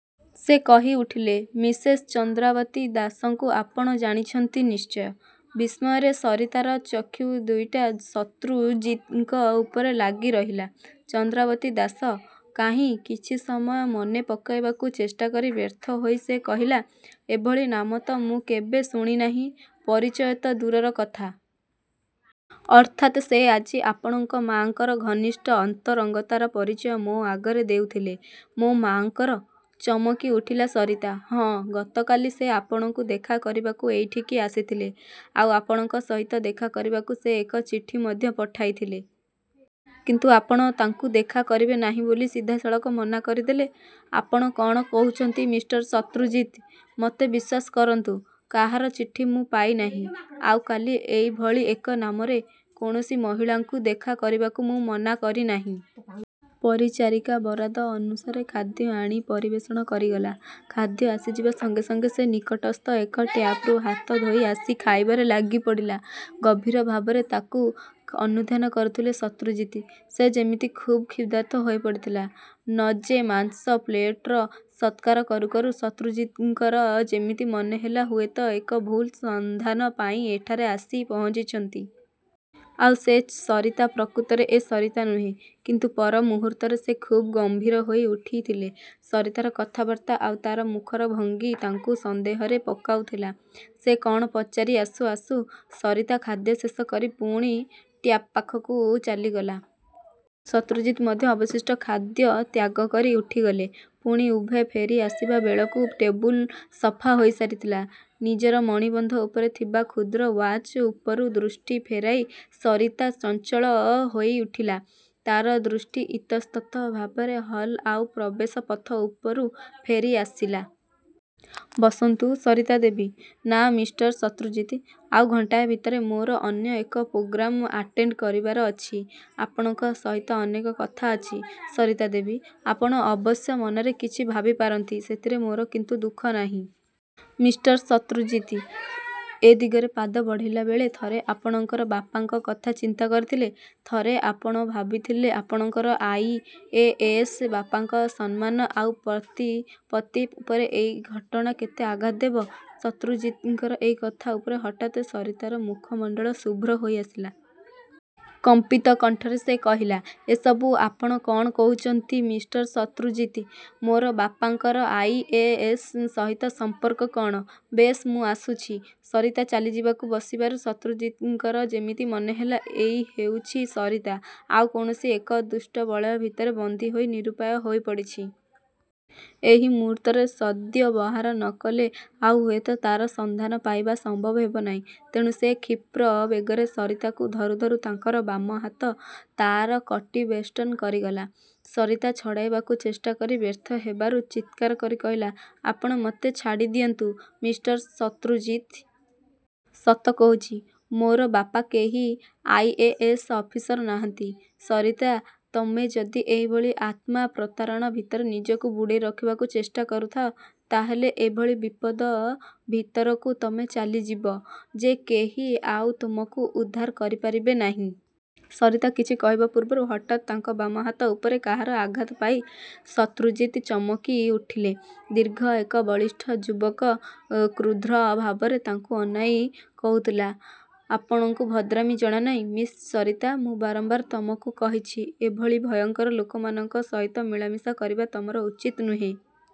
ସେ କହିଉଠିଲେ—ମିସେସ ଚନ୍ଦ୍ରାବତୀ ଦାସଙ୍କୁ ଆପଣ ଜାଣିଛନ୍ତି ନିଶ୍ଚୟ? ବିସ୍ମୟରେ ସରିତାର ଚକ୍ଷୁ ଦୁଇଟା ଶତ୍ରୁଜିତଙ୍କ ଉପରେ ଲାଗିରହିଲା। ଚନ୍ଦ୍ରାବତୀ ଦାସ... କାହିଁ... କିଛି ସମୟ ମନେ ପକାଇବାକୁ ଚେଷ୍ଟା କରି ବ୍ୟର୍ଥ ହୋଇ ସେ କହିଲା—ଏଭଳି ନାମ ତ ମୁଁ କେବେ ଶୁଣିନାହିଁ। ପରିଚୟ ତ ଦୂରର କଥା। ଅର୍ଥାତ୍ ସେ ଆଜି ଆପଣଙ୍କ ମାଆଙ୍କର ଘନିଷ୍ଟ ଅନ୍ତରଙ୍ଗତାର ପରିଚୟ ମୋ ଆଗରେ ଦେଉଥିଲେ... ମୋ ମାଆଙ୍କର! ଚମକି ଉଠିଲା ସରିତା। ହଁ। ଗତକାଲି ସେ ଆପଣଙ୍କୁ ଦେଖା କରିବାକୁ ଏଇଠିକି ଆସିଥିଲେ। ଆଉ ଆପଣଙ୍କ ସହିତ ଦେଖା କରିବାକୁ ସେ ଏକ ଚିଠି ମଧ୍ୟ ପଠାଇଥିଲେ। କିନ୍ତୁ ଆପଣ ତାଙ୍କୁ ଦେଖା କରିବେ ନାହିଁ ବୋଲି ସିଧାସଳଖ ମନା କରିଦେଲେ। ଆପଣ କ'ଣ କହୁଛନ୍ତି ମିଷ୍ଟର ଶତ୍ରୁଜିତ୍? ମୋତେ ବିଶ୍ୱାସ କରନ୍ତୁ, କାହାର ଚିଠି ମୁଁ ପାଇନାହିଁ। ଆଉ କାଲି ଏଇଭଳି ଏକ ନାମରେ କୌଣସି ମହିଳାଙ୍କୁ ଦେଖା କରିବାକୁ ମୁଁ ମନା କରିନାହିଁ। ପରିଚାରିକା ବରାଦ ଅନୁସାରେ ଖାଦ୍ୟ ଆଣି ପରିବେଷଣ କରିଗଲା। ଖାଦ୍ୟ ଆସିଯିବା ସଙ୍ଗେ ସଙ୍ଗେ ସେ ନିକଟସ୍ଥ ଏକ ଟ୍ୟାପ୍ରୁ ହାତ ଧୋଇ ଆସି ଖାଇବାରେ ଲାଗିପଡ଼ିଲା-। ଗଭୀର ଭାବରେ ତାକୁ ଅନୁଧ୍ୟାନ କରୁଥିଲେ ଶତ୍ରୁଜିତ୍। ସେ ଯେମିତି ଖୁବ୍ କ୍ଷୁଧାର୍ତ୍ତ ହୋଇପଡ଼ିଥିଲା। ନଜେ ମାଂସ ପ୍ଲେଟର ସତ୍କାର କରୁ କରୁ ଶତ୍ରୁଜିତଙ୍କର ଯେମିତି ମନେ ହେଲା ହୁଏତ ଏକ ଭୁଲ ସଂଧାନ ପାଇ ଏଠାରେ ଆସି ପହଞ୍ଚିଛନ୍ତି। ଆଉ ସେ ସରିତା ପ୍ରକୃତରେ ଏ ସରିତା ନୁହେଁ। କିନ୍ତୁ ପର ମୁହୂର୍ତ୍ତରେ ସେ ଖୁବ୍ ଗମ୍ଭୀର ହୋଇ ଉଠିଥିଲେ। ସରିତାର କଥାବାର୍ତ୍ତା ଆଉ ତା'ର ମୁଖର ଭଙ୍ଗୀ ତାଙ୍କୁ ସନ୍ଦେହରେ ପକାଉଥିଲା। ସେ କ'ଣ ପଚାରି ଆସୁ ଆସୁ ସରିତା ଖାଦ୍ୟ ଶେଷ କରି ପୁଣି ଟ୍ୟାପ୍ପାଖକୁ ଚାଲିଗଲା। ଶତ୍ରୁଜିତ୍ ମଧ୍ୟ ଅବଶିଷ୍ଟ ଖାଦ୍ୟ ତ୍ୟାଗ କରି ଉଠିଗଲେ। ପୁଣି ଉଭୟେ ଫେରି ଆସିବାବେଳକୁ ଟେବୁଲ ସଫା ହୋଇସାରିଥିଲା। ନିଜର ମଣିବନ୍ଧ ଉପରେ ଥିବା କ୍ଷୁଦ୍ର ଓ୍ୟାଚ୍ଉପରୁ ଦୃଷ୍ଟି ଫେରାଇ ସରିତା ଚଞ୍ଚଳ ହୋଇଉଠିଲା। ତା'ର ଦୃଷ୍ଟି ଇତସ୍ତତଃ ଭାବରେ ହଲ୍ ଆଉ ପ୍ରବେଶପଥ ଉପରୁ ଫେରିଆସିଲା। ବସନ୍ତୁ, ସରିତା ଦେବୀ! ନା, ମିଷ୍ଟର ଶତ୍ରୁଜିତ୍! ଆଉ ଘଣ୍ଟାଏ ଭିତରେ ମୋର ଅନ୍ୟ ଏକ ପ୍ରୋଗ୍ରାମ ଆଟେଣ୍ତ କରିବାର ରହିଛି। ଆପଣଙ୍କ ସହିତ ଅନେକ କଥା ଅଛି, ସରିତା ଦେବୀ! ଆପଣ ଅବଶ୍ୟ ମନରେ କିଛି ଭାବିପାରନ୍ତି, ସେଥିରେ ମୋର କିନ୍ତୁ ଦୁଃଖ ନାହିଁ। ମିଷ୍ଟର ଶତ୍ରୁଜିତ୍! ଏ ଦିଗରେ ପାଦ ବଢ଼େଇଲାବେଳେ ଥରେ ଆପଣଙ୍କର ବାପାଙ୍କ କଥା ଚିନ୍ତା କରିଥିଲେ? ଥରେ ଆପଣ ଭାବିଥିଲେ ଆପଣଙ୍କର ଆଇ. ଏ. ଏସ. ବାପାଙ୍କ ସମ୍ମାନ ଆଉ ପ୍ରତିପତ୍ତି ଉପରେ ଏଇ ଘଟଣା କେତେ ଆଘାତ ଦେବ? ଶତ୍ରୁଜିତଙ୍କର ଏଇ କଥା ଉପରେ ହଠାତ୍ ସରିତାର ମୁଖମଣ୍ତଳ ଶୁଭ୍ର ହୋଇଆସିଲା। କମ୍ପିତ କଣ୍ଠରେ ସେ କହିଲା—ଏସବୁ ଆପଣ କ'ଣ କହୁଛନ୍ତି ମିଷ୍ଟର ଶତ୍ରୁଜିତ୍? ମୋର ବାପାଙ୍କର ଆଇ. ଏ. ଏସ. ସହିତ ସଂପର୍କ କ'ଣ? ବେଶ୍, ମୁଁ ଆସୁଛି। ସରିତା ଚାଲିଯିବାକୁ ବସିବାରୁ ଶତ୍ରୁଜିତଙ୍କର ଯେମିତି ମନେ ହେଲା ଏଇ ହେଉଛି ସରିତା, ଆଉ କୌଣସି ଏକ ଦୁଷ୍ଟ ବଳୟ ଭିତରେ ବନ୍ଦୀ ହୋଇ ନିରୂପାୟ ହୋଇପଡ଼ିଛି। ଏଇ ମୁହୂର୍ତ୍ତର ସଦ୍ବ୍ୟବହାର ନ କଲେ ଆଉ ହୁଏତ ତା'ର ସନ୍ଧାନ ପାଇବା ସମ୍ଭବ ହେବ ନାହିଁ। ତେଣୁ ସେ କ୍ଷିପ୍ର ବେଗରେ ସରିତାକୁ ଧରୁ ଧରୁ ତାଙ୍କର ବାମ ହାତ ତା'ର କଟି ବେଷ୍ଟନ କରିଗଲା। ସରିତା ଛଡ଼ାଇବାକୁ ଚେଷ୍ଟା କରି ବ୍ୟର୍ଥ ହେବାରୁ ଚିତ୍କାର କରି କହିଲା—ଆପଣ ମୋତେ ଛାଡ଼ିଦିଅନ୍ତୁ, ମିଷ୍ଟର ଶତ୍ରୁଜିତ୍! ସତ କହୁଚି, ମୋର ବାପା କେହି ଆଇ. ଏ. ଏସ. ଅଫିସର ନାହାନ୍ତି-। ସରିତା! ତମେ ଯଦି ଏହିଭଳି ଆତ୍ମାପ୍ରତାରଣା ଭିତରେ ନିଜକୁ ବୁଡ଼େଇ ରଖିବାକୁ ଚେଷ୍ଟା କରୁଥାଅ, ତା' ହେଲେ ଏଭଳି ବିପଦ ଭିତରକୁ ତମେ ଚାଲିଯିବ ଯେ କେହି ଆଉ ତମକୁ ଉଦ୍ଧାର କରିପାରିବେ ନାହିଁ। ସରିତା କିଛି କହିବା ପୂର୍ବରୁ ହଠାତ୍ ତାଙ୍କ ବାମ ହାତ ଉପରେ କାହାର ଆଘାତ ପାଇ ଶତ୍ରୁଜିତ୍ ଚମକିଉଠିଲେ। ଦୀର୍ଘ ଏକ ବଳିଷ୍ଠ ଯୁବକ କ୍ରୁଦ୍ଧ ଭାବରେ ତାଙ୍କୁ ଅନାଇ କହୁଥିଲା—ଆପଣଙ୍କୁ ଭଦ୍ରାମି ଜଣାନାହିଁ! ମିସ୍ ସରିତା, ମୁଁ ବାରମ୍ୱାର ତମକୁ କହିଛି, ଏଭଳି ଭୟଙ୍କର ଲୋକମାନଙ୍କ ସହିତ ମିଳାମିଶା କରିବା ତମର ଉଚିତ ନୁହେଁ।